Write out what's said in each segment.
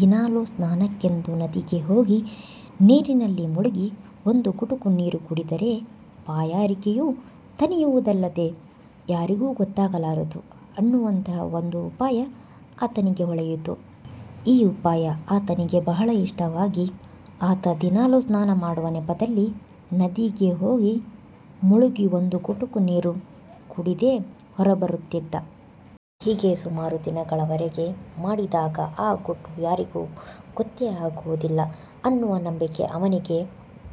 ದಿನಾಲೂ ಸ್ನಾನಕ್ಕೆಂದು ನದಿಗೆ ಹೋಗಿ ನೀರಿನಲ್ಲಿ ಮುಳುಗಿ ಒಂದು ಗುಟುಕು ನೀರು ಕುಡಿದರೆ ಬಾಯಾರಿಕೆಯೂ ತಣಿಯುವುದಲ್ಲದೆ ಯಾರಿಗೂ ಗೊತ್ತಾಗಲಾರದು ಅನ್ನುವಂತಹ ಒಂದು ಉಪಾಯ ಆತನಿಗೆ ಹೊಳೆಯಿತು. ಈ ಉಪಾಯ ಆತನಿಗೆ ಬಹಳ ಇಷ್ಟವಾಗಿ ಆತ ದಿನಾಲೂ ಸ್ನಾನ ಮಾಡುವ ನೆಪದಲ್ಲಿ ನದಿಗೆ ಹೋಗಿ ಮುಳುಗಿ ಒಂದು ಗುಟುಕು ನೀರು ಕುಡಿದೇ ಹೊರಬರುತ್ತಿದ್ದ. ಹೀಗೆ ಸುಮಾರು ದಿನಗಳವರೆಗೆ ಮಾಡಿದಾಗ ಈ ಗುಟ್ಟು ಯಾರಿಗೂ ಗೊತ್ತೇ ಆಗುವುದಿಲ್ಲ ಅನ್ನುವ ನಂಬಿಕೆ ಅವನಿಗೆ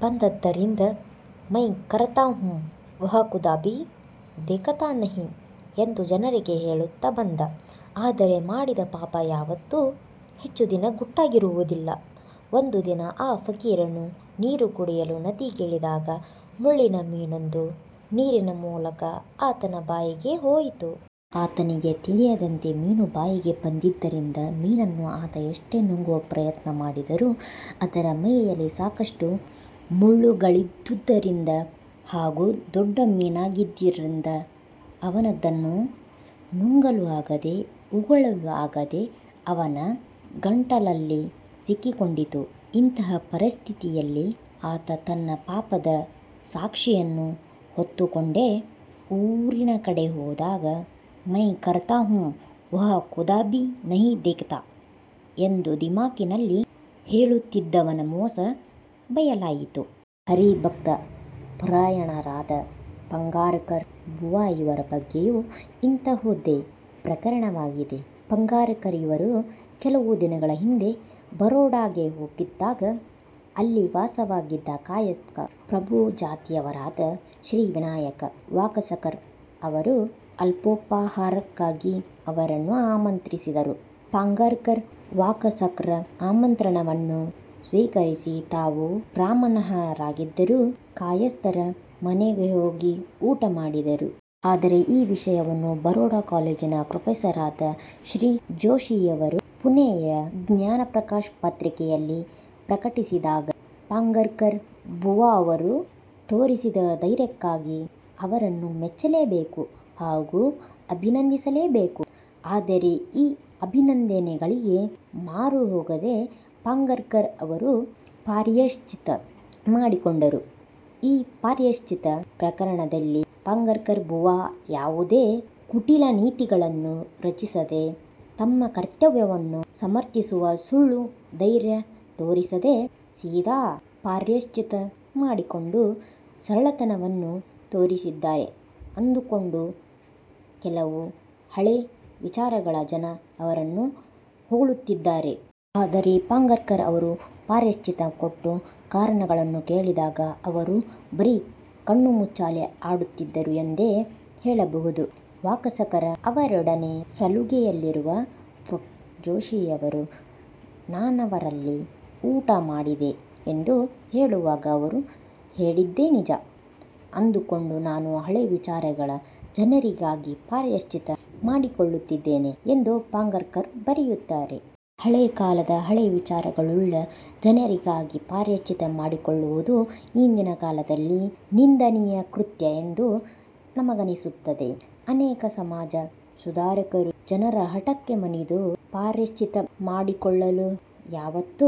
ಬಂದದ್ದರಿಂದ ''ಮೈ ಕರತಾ ಹೂಂ ವಹ್ ಖುದಾ ಭೀ ದೇಖತಾ ನಹಿ'' ಎಂದು ಜನರಿಗೆ ಹೇಳುತ್ತಾ ಬಂದ. ಆದರೆ ಮಾಡಿದ ಪಾಪ ಯಾವತ್ತೂ ಹೆಚ್ಚು ದಿನ ಗುಟ್ಟಾಗಿರುವುದಿಲ್ಲ. ಒಂದು ದಿನ ಆ ಫಕೀರನು ನೀರು ಕುಡಿಯಲು ನದಿಗಿಳಿದಾಗ ಮುಳ್ಳಿನ ಮೀನೊಂದು ನೀರಿನ ಮೂಲಕ ಆತನ ಬಾಯಿಗೆ ಹೋಯಿತು. ಆತನಿಗೆ ತಿಳಿಯದಂತೆ ಮೀನು ಬಾಯಿಗೆ ಬಂದಿದ್ದರಿಂದ ಮೀನನ್ನು ಆತ ಎಷ್ಟೇ ನುಂಗುವ ಪ್ರಯತ್ನ ಮಾಡಿದರೂ ಅದರ ಮೈಯಲ್ಲಿ ಸಾಕಷ್ಟು ಮುಳ್ಳುಗಳಿದ್ದುದರಿಂದ ಹಾಗೂ ದೊಡ್ಡ ಮೀನಾಗಿದ್ದರಿಂದ ಅವನದನ್ನು ನುಂಗಲೂ ಆಗದೆ ಉಗಳಲೂ ಆಗದೆ ಅವನ ಗಂಟಲಲ್ಲಿ ಸಿಕ್ಕಿಕೊಂಡಿತು. ಇಂತಹ ಪರಿಸ್ಥಿತಿಯಲ್ಲಿ ಆತ ತನ್ನ ಪಾಪದ ಸಾಕ್ಷಿಯನ್ನು ಹೊತ್ತುಕೊಂಡೇ ಊರಿನ ಕಡೆ ಹೋದಾಗ ''ಮೈ ಕರತಾ ಹೂಂ ವಹ್ ಖುದಾ ಭೀ ನಹಿ ದೇಖತಾ'' ಎಂದು ದಿಮಾಕಿನಲ್ಲಿ ಹೇಳುತ್ತಿದ್ದವನ ಮೋಸ ಬಯಲಾಯಿತು. ಹರಿಭಕ್ತ ಪರಾಯಣರಾದ ಪಾಂಗಾರಕರ್ ಬುವಾ ಇವರ ಬಗ್ಗೆಯೂ ಇಂತಹುದೇ ಪ್ರಕರಣವಾಗಿದೆ. ಪಾಂಗಾರಕರ್ ಇವರು ಕೆಲವು ದಿನಗಳ ಹಿಂದೆ ಬರೋಡಾಗೆ ಹೋಗಿದ್ದಾಗ ಅಲ್ಲಿ ವಾಸವಾಗಿದ್ದ ಕಾಯಸ್ಥ ಪ್ರಭು ಜಾತಿಯವರಾದ ಶ್ರೀ ವಿನಾಯಕ ವಾಕಸಕರ್ ಅವರು ಅಲ್ಪೋಪಾಹಾರಕ್ಕಾಗಿ ಅವರನ್ನು ಆಮಂತ್ರಿಸಿದರು. ಪಾಂಗಾರ್ಕರ್, ವಾಕಸಕರ್ರ ಆಮಂತ್ರಣವನ್ನು ಸ್ವೀಕರಿಸಿ ತಾವು ಬ್ರಾಹ್ಮಣರಾಗಿದ್ದರೂ ಕಾಯಸ್ಥರ ಮನೆಗೆ ಹೋಗಿ ಊಟ ಮಾಡಿದರು. ಆದರೆ ಈ ವಿಷಯವನ್ನು ಬರೋಡಾ ಕಾಲೇಜಿನ ಪ್ರೊಫೆಸರ್ ಆದ ಶ್ರೀ ಜೋಷಿಯವರು ಪುಣೆಯ ಜ್ಞಾನಪ್ರಕಾಶ ಪತ್ರಿಕೆಯಲ್ಲಿ ಪ್ರಕಟಿಸಿದಾಗ ಪಾಂಗಾರ್ಕರ್ ಬುವಾ ಅವರು ತೋರಿಸಿದ ಧೈರ್ಯಕ್ಕಾಗಿ ಅವರನ್ನು ಮೆಚ್ಚಲೇಬೇಕು ಹಾಗೂ ಅಭಿನಂದಿಸಲೇ ಬೇಕು. ಆದರೆ ಈ ಅಭಿನಂದನೆಗಳಿಗೆ ಮಾರುಹೋಗದೆ ಪಾಂಗಾರ್ಕರ್ ಅವರು ಪ್ರಾಯಶ್ಚಿತ್ತ ಮಾಡಿಕೊಂಡರು. ಈ ಪ್ರಾಯಶ್ಚಿತ್ತ ಪ್ರಕರಣದಲ್ಲಿ ಪಾಂಗಾರ್ಕರ್ ಬುವಾ ಯಾವುದೇ ಕುಟಿಲನೀತಿಗಳನ್ನು ರಚಿಸದೆ ತಮ್ಮ ಕೃತ್ಯವನ್ನು ಸಮರ್ಥಿಸುವ ಸುಳ್ಳು ಧೈರ್ಯ ತೋರಿಸದೆ ಸೀದಾ ಪ್ರಾಯಶ್ಚಿತ್ತ ಮಾಡಿಕೊಂಡು ಸರಳತನವನ್ನು ತೋರಿಸಿದ್ದಾರೆ ಅಂದುಕೊಂಡು ಕೆಲವು ಹಳೇ ವಿಚಾರಗಳ ಜನ ಅವರನ್ನು ಹೊಗಳುತ್ತಿದ್ದಾರೆ. ಆದರೆ ಪಾಂಗಾರ್ಕರ್ ಅವರು ಪ್ರಾಯಶ್ಚಿತ್ತ ಕೊಟ್ಟ ಕಾರಣಗಳನ್ನು ಕೇಳಿದಾಗ ಅವರು ಬರೀ ಕಣ್ಣುಮುಚ್ಚಾಲೆ ಆಡುತ್ತಿದ್ದರು ಎಂದೇ ಹೇಳಬಹುದು. ''ವಾಕಸಕರ್ ಅವರೊಡನೆ ಸಲಿಗೆಯಿರುವ ಪ್ರೊ. ಜೋಷಿಯವರು ನಾನವರಲ್ಲಿ ಊಟ ಮಾಡಿದೆ ಎಂದು ಹೇಳುವಾಗ ಅವರು ಹೇಳಿದ್ದೇ ನಿಜ ಅಂದುಕೊಂಡು ನಾನು ಹಳೆ ವಿಚಾರಗಳ ಜನರಿಗಾಗಿ ಪ್ರಾಯಶ್ಚಿತ್ತ ಮಾಡಿಕೊಳ್ಳುತ್ತಿದ್ದೇನೆ'' ಎಂದು ಪಾಂಗಾರ್ಕರ್ ಬರೆಯುತ್ತಾರೆ. ಹಳೇ ಕಾಲದ ಹಳೇ ವಿಚಾರಗಳುಳ್ಳ ಜನರಿಗಾಗಿ ಪ್ರಾಯಶ್ಚಿತ್ತ ಮಾಡಿಕೊಳ್ಳುವುದು ಇಂದಿನ ಕಾಲದಲ್ಲಿ ನಿಂದನೀಯ ಕೃತ್ಯ ಎಂದು ನಮಗನಿಸುತ್ತದೆ. ಅನೇಕ ಸಮಾಜ ಸುಧಾರಕರು ಜನರ ಹಠಕ್ಕೆ ಮಣಿದು ಪ್ರಾಯಶ್ಚಿತ್ತ ಮಾಡಿಕೊಳ್ಳಲೂ ಯಾವತ್ತೂ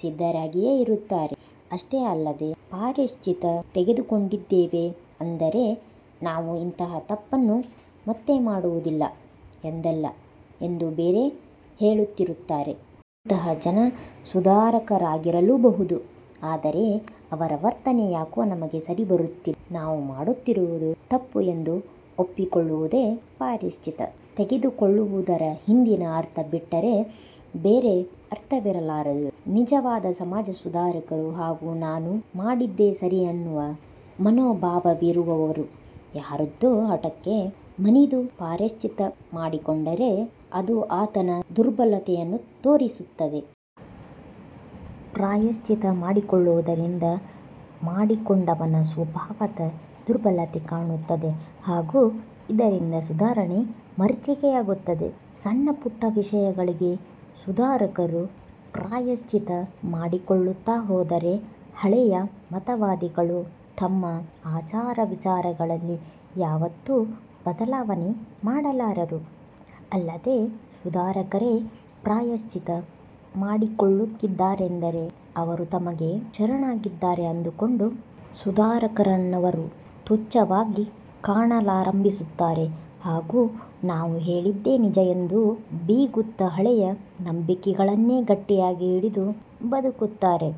ಸಿದ್ಧರಾಗಿಯೇ ಇರುತ್ತಾರೆ. ಅಷ್ಟೇ ಅಲ್ಲದೆ 'ಪ್ರಾಯಶ್ಚಿತ್ತ ತೆಗೆದುಕೊಂಡಿದ್ದೇವೆ. ಅಂದರೆ ನಾವು ಇಂತಹ ತಪ್ಪನ್ನು ಮತ್ತೆ ಮಾಡುವುದಿಲ್ಲ ಎಂದಲ್ಲ' ಎಂದು ಬೇರೆ ಹೇಳುತ್ತಿರುತ್ತಾರೆ. ಇಂತಹ ಜನ ಸುಧಾರಕರಾಗಿರಲೂ ಬಹುದು. ಆದರೆ ಅವರ ವರ್ತನೆ ಯಾಕೋ ನಮಗೆ ಸರಿ ಬರುತ್ತಿಲ್ಲ. ನಾವು ಮಾಡುತ್ತಿರುವುದು ತಪ್ಪು ಎಂದು ಒಪ್ಪಿಕೊಳ್ಳುವುದೇ ಪ್ರಾಯಶ್ಚಿತ್ತ ತೆಗೆದುಕೊಳ್ಳುವುದರ ಹಿಂದಿನ ಅರ್ಥ ಬಿಟ್ಟರೆ ಬೇರೆ ಅರ್ಥವಿರಲಾರದು. ನಿಜವಾದ ಸಮಾಜ ಸುಧಾರಕರು ಹಾಗೂ ನಾನು ಮಾಡಿದ್ದೇ ಸರಿ ಅನ್ನುವ ಮನೋಭಾವವಿರುವವರು ಯಾರದ್ದೋ ಹಠಕ್ಕೆ ಮಣಿದು ಪ್ರಾಯಶ್ಚಿತ್ತ ಮಾಡಿಕೊಂಡರೆ ಅದು ಆತನ ದುರ್ಬಲತೆಯನ್ನು ತೋರಿಸುತ್ತದೆ. ಪ್ರಾಯಶ್ಚಿತ್ತ ಮಾಡಿಕೊಳ್ಳುವುದರಿಂದ ಮಾಡಿಕೊಂಡವನ ಸ್ವಭಾವದ ದುರ್ಬಲತೆ ಕಾಣುತ್ತದೆ. ಹಾಗೂ ಇದರಿಂದ ಸುಧಾರಣೆ ಮರೀಚಿಕೆಯಾಗುತ್ತದೆ. ಸಣ್ಣಪುಟ್ಟ ವಿಷಯಗಳಿಗೆ ಸುಧಾರಕರು ಪ್ರಾಯಶ್ಚಿತ್ತ ಮಾಡಿಕೊಳ್ಳುತ್ತಾ ಹೋದರೆ ಹಳೆಯ ಮತವಾದಿಗಳು ತಮ್ಮ ಆಚಾರವಿಚಾರಗಳಲ್ಲಿ ಯಾವತ್ತೂ ಬದಲಾವಣೆ ಮಾಡಲಾರರು. ಅಲ್ಲದೆ, ಸುಧಾರಕರೇ ಪ್ರಾಯಶ್ಚಿತ್ತ ಮಾಡಿಕೊಳ್ಳುತ್ತಿದ್ದಾರೆಂದರೆ ಅವರು ತಮಗೆ ಶರಣಾಗಿದ್ದಾರೆ ಅಂದುಕೊಂಡು ಸುಧಾರಕರನ್ನವರು ತುಚ್ಛವಾಗಿ ಕಾಣಲಾರಂಭಿಸುತ್ತಾರೆ ಹಾಗೂ ನಾವು ಹೇಳಿದ್ದೇ ನಿಜ ಎಂದು ಬೀಗುತ್ತ ಹಳೆಯ ನಂಬಿಕೆಗಳನ್ನೇ ಗಟ್ಟಿಯಾಗಿ ಹಿಡಿದು ಬದುಕುತ್ತಾರೆ.